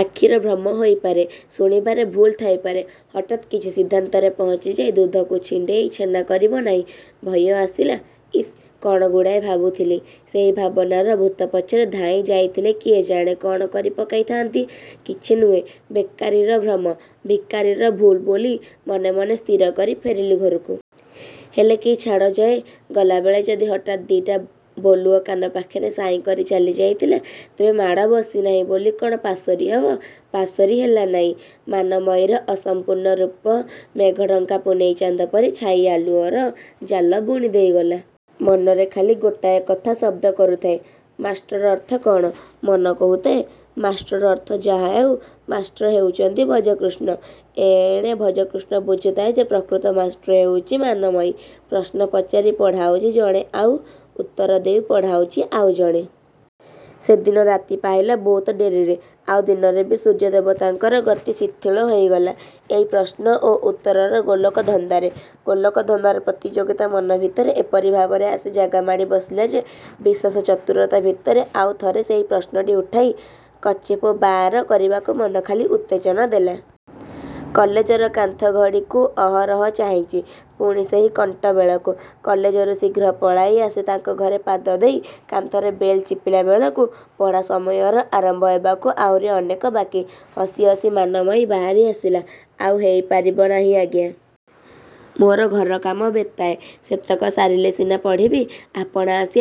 ଆଖିର ଭ୍ରମ ହେଇପାରେ, ଶୁଣିବାରେ ଭୁଲ୍ ଥାଇପାରେ–ହଠାତ୍ କିଛି ସିଦ୍ଧାନ୍ତରେ ପହଞ୍ଚିଯାଇ ଦୁଧକୁ ଛିଣ୍ଡେଇ ଛେନା କରିବ ନାହିଁ। ଭୟ ଆସିଲା–ଇସ୍, କ'ଣ ଗୁଡ଼ାଏ ଭାବୁଥିଲି? ସେହି ଭାବନାର ଭୂତ ପଛରେ ଧାଇଁ ଯାଇଥିଲେ କିଏ ଜାଣେ କ'ଣ କରି ପକାଇଥାନ୍ତି? କିଛି ନୁହେଁ, ବେକାରିର ଭ୍ରମ, ଭିକାରିର ଭୁଲ୍ ବୋଲି ମନେ ମନେ ସ୍ଥିର କରି ଫେରିଲି ଘରକୁ। ହେଲେ କି ଛାଡ଼ ଯାଏ? ଗଲାବେଳେ ଯଦି ହଠାତ୍ ଦି'ଟା ବୋଲୁଅ କାନ ପାଖରେ ସାଇଁ କରି ଚାଲିଯାଇଥିଲା ତେବେ ମାଡ଼ ବସିନାହିଁ ବୋଲି କ'ଣ ପାଶୋରି ହବ? ପାଶୋରି ହେଲା ନାହିଁ। ମାନମୟୀର ଅସଂପୂର୍ଣ୍ଣ ରୂପ ମେଘଢ଼ଙ୍କା ପୂନେଇଁ ଚାନ୍ଦ ପରି ଛାଇ ଆଲୁଅର ଜାଲ ବୁଣି ଦେଇଗଲା। ମନରେ ଖାଲି ଗୋଟାଏ କଥା ଶବ୍ଦ କରୁଥାଏ–ମାଷ୍ଟ୍ରର ଅର୍ଥ କ'ଣ? ମନ କହୁଥାଏ ମାଷ୍ଟ୍ରର ଅର୍ଥ ଯାହା ହେଉ ମାଷ୍ଟ୍ର ହେଉଛି ଭଜକୃଷ୍ଣ। ଏଣେ ଭଜକୃଷ୍ଣ ବୁଝୁଥାଏ ଯେ ପ୍ରକୃତ ମାଷ୍ଟ୍ର ହେଉଛି ମାନମୟୀ? ପ୍ରଶ୍ନ ପଚାରି ପଢ଼ାଉଛି ଜଣେ ଆଉ ଉତ୍ତର ଦେଇ ପଢ଼ାଉଛି ଆଉ ଜଣେ। ସେଦିନ ରାତି ପାହିଲା ବହୁତ ଡେରିରେ। ଆଉ ଦିନରେ ବି ସୂର୍ଯ୍ୟଦେବତାଙ୍କର ଗତି ଶିଥିଳ ହୋଇଗଲା ଏଇ ପ୍ରଶ୍ନ ଓ ଉତ୍ତରର ଗୋଲକଧନ୍ଦାରେ। ଗୋଲକଧନ୍ଦାର ପ୍ରତିଯୋଗିତା ମନ ଭିତରେ ଏପରି ଭାବରେ ଆସି ଜାଗା ମାଡ଼ି ବସିଲା ଯେ, ବିଶେଷ ଚତୁରତା ଭିତରେ ଆଉ ଥରେ ସେହି ପ୍ରଶ୍ନଟି ଉଠାଇ କଚେ–ପୋ–ବାଆର କରିବାକୁ ମନ ଖାଲି ଉତ୍ତେଜନା ଦେଲା। କଲେଜର କାନ୍ଥଘଡ଼ିକୁ ଅହରହ ଚାହିଁଛି–ପୁଣି ସେହି କଣ୍ଟ ବେଳକୁ। କଲେଜରୁ ଶୀଘ୍ର ପଳାଇ ଆସି ତାଙ୍କ ଘରେ ପାଦ ଦେଇ କାନ୍ଥରେ ବେଲ୍ ଟିପିଲା ବେଳକୁ ପଢ଼ା ସମୟର ଆରମ୍ଭ ହେବାକୁ ଆଉରି ଅନେକ ବାକି। ହସି ହସି ମାନମୟୀ ବାହାରି ଆସିଲା–ଆଉ ହେଇ ପାରିବ ନାହିଁ ଆଜ୍ଞା। ମୋର ଘରକାମ ବେତାଏ–ସେତକ ସାରିଲେ ସିନା ପଢ଼ିବି। ଆପଣ ଆସି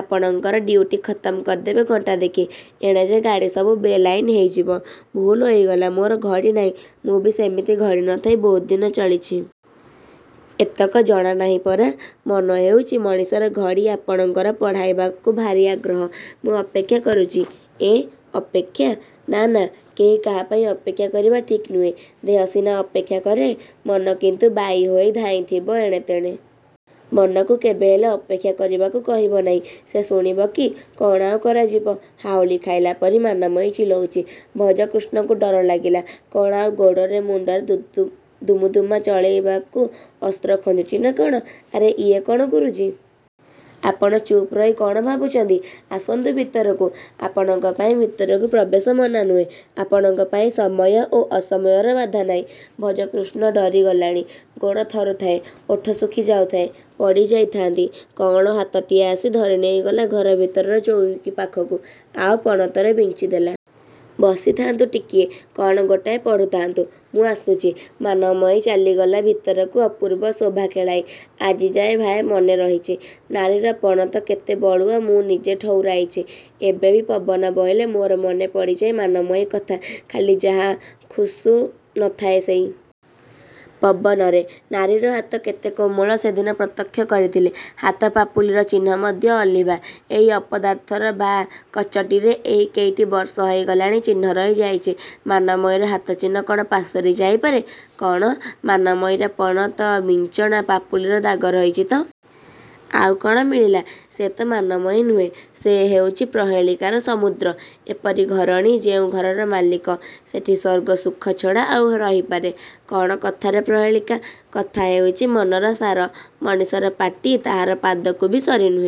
ଆପଣଙ୍କର ଡିଉଟି ଖତମ୍ କରିଦେବେ ଘଣ୍ଟା ଦେଖି। ଏଣେ ଯେ ଗାଡ଼ିସବୁ ବେ–ଲାଇନ୍ ହୋଇଯିବେ। –ଭୁଲ୍ ହେଇଗଲା। ମୋର ଘଡ଼ି ନାହିଁ। –ମୁଁ ବି ସେମିତି ଘଡ଼ି ନ ଥାଇ ବହୁତ ଦିନ ଚଳିଛି। ଏତକ ଜଣାନାହିଁ ପରା? ମନ ହେଉଛି ମଣିଷର ଘଡ଼ି ଆପଣଙ୍କର ପଢ଼ାଇବାକୁ ଭାରି ଆଗ୍ରହ। –ମୁଁ ଅପେକ୍ଷା କରୁଛି। –ଏଁ, ଅପେକ୍ଷା? ନା, ନା, କେହି କାହାପାଇଁ ଅପେକ୍ଷା କରିବା ଠିକ୍ ନୁହେଁ। ଦେହ ସିନା ଅପେକ୍ଷା କରେ। ମନ କିନ୍ତୁ ବାଇ ହୋଇ ଧାଇଁଥିବ ଏଣେ ତେଣେ। ମନକୁ କେବେହେଲେ ଅପେକ୍ଷା କରିବାକୁ କହିବା ନାହିଁ। ସେ ଶୁଣିବ କି? କ'ଣ ଆଉ କରାଯିବ? ହାଉଳି ଖାଇଲା ପରି ମାନମୟୀ ଚିଲଉଛି। ଭଜକୃଷ୍ଣକୁ ଡର ଲାଗିଲା। କ'ଣ ଆଉ ଗୋଡ଼ରେ ମୁଣ୍ଡରେ ଦୁମୁଦୁମା ଚଳେଇବାକୁ ଅସ୍ତ୍ର ଖଞ୍ଜୁଛି ନା କ'ଣ? –ଆରେ ଇଏ କ'ଣ ଗୁରୁଜୀ? ଆପଣ ଚୁପ୍ ରହି କ'ଣ ଭାବୁଛନ୍ତି? ଆସନ୍ତୁ ଭିତରକୁ। ଆପଣଙ୍କ ପାଇଁ ଭିତରକୁ ପ୍ରବେଶ ମନା ନୁହେଁ ଆପଣଙ୍କ ପାଇଁ ସମୟ ଓ ଅସମୟର ବାଧା ନାହିଁ-। ଭଜକୃଷ୍ଣ ଡରି ଗଲାଣି। ଗୋଡ଼ ଥରୁଥାଏ। ଓଠ ଶୁଖି ଯାଉଥାଏ। ପଡ଼ି ଯାଇଥାନ୍ତି। କଅଁଳ ହାତଟିଏ ଆସି ଧରି ନେଇଗଲା ଘରଭିତରର ଚଉକି ପାଖକୁ–ଆଉ ପଣତରେ ବିଞ୍ଚିଦେଲା-। ବସିଥାନ୍ତୁ ଟିକିଏ। କ'ଣ ଗୋଟାଏ ପଢ଼ୁଥାନ୍ତୁ ମୁଁ ଆସୁଛି। ମାନମୟୀ ଚାଲିଗଲା ଭିତରକୁ ଅପୂର୍ବ ଶୋଭା ଖେଳାଇ। ଆଜିଯାଏ ଭାଇ ମନେ ରହିଛି। ନାରୀର ପଣତ କେତେ ବଳୁଆ ମୁଁ ନିଜେ ଠଉରାଇଛି। ଏବେ ବି ପବନ ବହିଲେ ମୋର ମନେ ପଡ଼ିଯାଏ ମାନମୟୀ କଥା–ଖାଲି ଯାହା ଖୁସ୍ବୁ ନ ଥାଏ ସେଇ। ପବନରେ। ନାରୀର ହାତ କେତେ କୋମଳ ସେଦିନ ପ୍ରତ୍ୟକ୍ଷ କରିଥିଲି। ହାତ ପାପୁଲିର ଚିହ୍ନ ମଧ୍ୟ ଅଲିଭା। ଏଇ ଅପଦାର୍ଥର ବାଁ କଚଟିରେ ଏହି କେଇଟି ବର୍ଷ ହେଇଗଲାଣି ଚିହ୍ନ ରହି ଯାଇଛି। ମାନମୟୀର ହାତଚିହ୍ନ କ'ଣ ପାଶୋର ଯାଇ ପାରେ? –କ'ଣ? ମାନମୟୀର ପଣତ–ବିଞ୍ଚଣା, ପାପୁଲିର ଦାଗ ରହିଛି ତ। ଆଉ କ'ଣ ମିଳିଲା? –ସେ ତ ମାନମୟୀ ନୁହେଁ। ସେ ହେଉଛି ପ୍ରହେଳିକାର ସମୁଦ୍ର। ଏପରି ଘରଣୀ ଯେଉଁ ଘରର ମାଲିକ, ସେଠି ସ୍ୱର୍ଗସୁଖ ଛଡ଼ା ଆଉ କ'ଣ ରହିପାରେ? –କ'ଣ କଥାର ପ୍ରହେଳିକା? –କଥା ହେଉଛି ମନର ସାର। ମଣିଷର ପାଟି ତାହାର ପାଦକୁ ବି ସରି ନୁହେଁ।